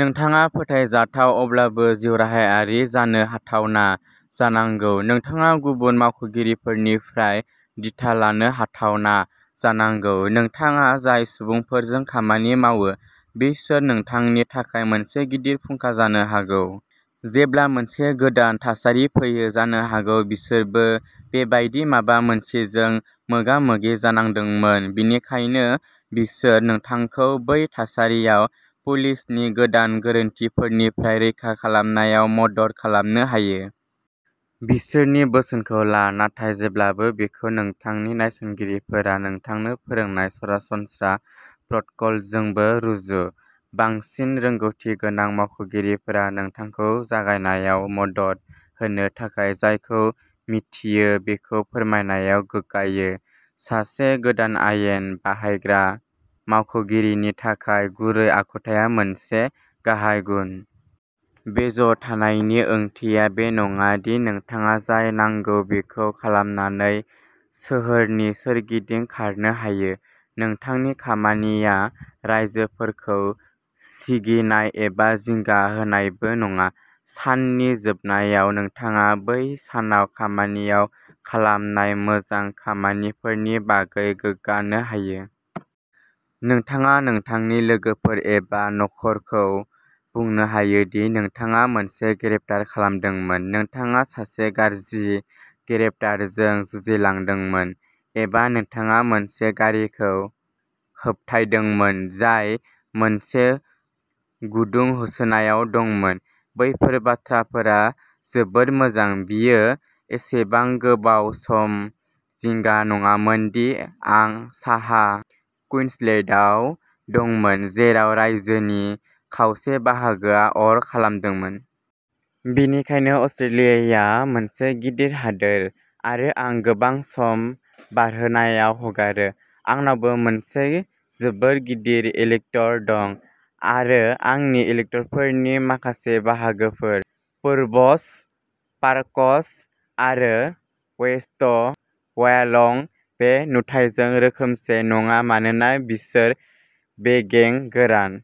नोंथाङा फोथायजाथाव, अब्लाबो जिउराहायारि जानो हाथावना जानांगौ। नोंथाङा गुबुन मावख'गिरिफोरनिफ्राय दिथा लानो हाथावना जानांगौ। नोंथाङा जाय सुबुंफोरजों खामानि मावो, बिसोर नोंथांनि थाखाय मोनसे गिदिर फुंखा जानो हागौ। जेब्ला मोनसे गोदान थासारि फैयो, जानो हागौ बिसोरबो बेबादि माबा मोनसेजों मोगा-मोगि जानांदोंमोन, बेनिखायनो बिसोर नोंथांखौ बै थासारियाव पुलिसनि गोदान गोरोन्थिफोरनिफ्राय रैखा खालामनायाव मदद खालामनो हायो। बिसोरनि बोसोनखौ ला, नाथाय जेब्लाबो बेखौ नोंथांनि नायसंगिरिफोरा नोंथांनो फोरोंनाय सरासनस्रा प्रट'कलजोंबो रुजु। बांसिन रोंग'थिगोनां मावख'गिरिफोरा नोंथांखौ जागायनायाव मदद होनो थाखाय जायखौ मिन्थियो बेखौ फोरमायनायाव गोग्गायो। सासे गोदान आयेन बाहायग्रा मावख'गिरिनि थाखाय गुरै आखुथाया मोनसे गाहाय गुन। बेज थानायनि ओंथिया बे नङा दि नोंथाङा जाय नांगौ बेखौ खालामनानै सोहोरनि सोरगिदिं खारनो हायो। नोंथांनि खामानिया राइजोफोरखौ सिगिनाय एबा जिंगा होनायबो नङा। साननि जोबनायाव, नोंथाङा बै सानाव खामानियाव खालामनाय मोजां खामानिफोरनि बागै गोग्गानो हायो। नोंथाङा नोंथांनि लोगोफोर एबा नखरखौ बुंनो हायो दि नोंथाङा मोनसे ग्रेप्तार खालामदोंमोन, नोंथाङा सासे गाज्रि ग्रेप्तारजों जुजिलांदोंमोन, एबा नोंथाङा मोनसे गारिखौ होबथायदोंमोन जाय मोनसे गुदुं होसोनायाव दंमोन। बेफोर बाथ्राफोरा जोबोद मोजां। बेयो एसेबां गोबाव सम सिगां नङामोन दि आं साहा कुइन्सलेन्डआव दंमोन, जेराव रायजोनि खावसे बाहागोआ अर खामदोंमोन। बेनिखायनो अस्ट्रेलियाया मोनसे गिदिर हादोर आरो आं गोबां सम बारहोनायाव हगारो। आंनावबो मोनसे जोबोद गिदिर इलेक्ट'र दं आरो आंनि इलेक्ट'रफोरनि माखासे बाहागोफोर-फोर्ब्स, पार्कस आरो वेस्ट व्यालं-बे नुथाइजों रोखोमसे नङा मानोना बिसोर बेगें गोरान।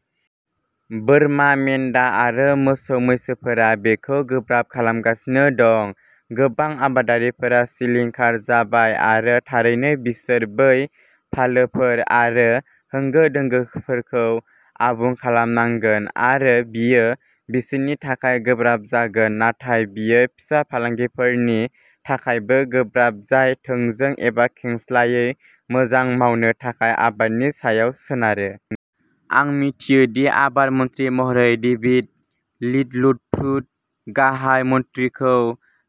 बोरमा मेन्दा आरो मोसौ-मैसोफोरा बेखौ गोब्राब खालामगासिनो दं। गोबां आबादारिफोरा सिलिंखार जाबाय आरो थारैनो बिसोर बै फालोफोर आरो होंगो-दोंगोफोरखौ आबुं खालामनांगोन आरो बेयो बिसोरनि थाखाय गोब्राब जागोन। नाथाय बेयो फिसा फालांगिफोरनि थाखायबो गोब्राब जाय थोंजों एबा खेंसालियायै मोजां मावनो थाखाय आबादनि सायाव सोनारो। आं मिथियो दि आबाद मन्थ्रि महरै डेभिड लिटलप्रुड, गाहाय मन्थ्रिखौ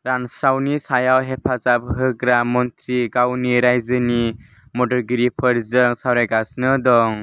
रानस्रावनि सायाव हेफाजाब होग्रा मन्थ्रि, गावनि रायजोनि मददगिरिफोरजों सावरायगासिनो दं।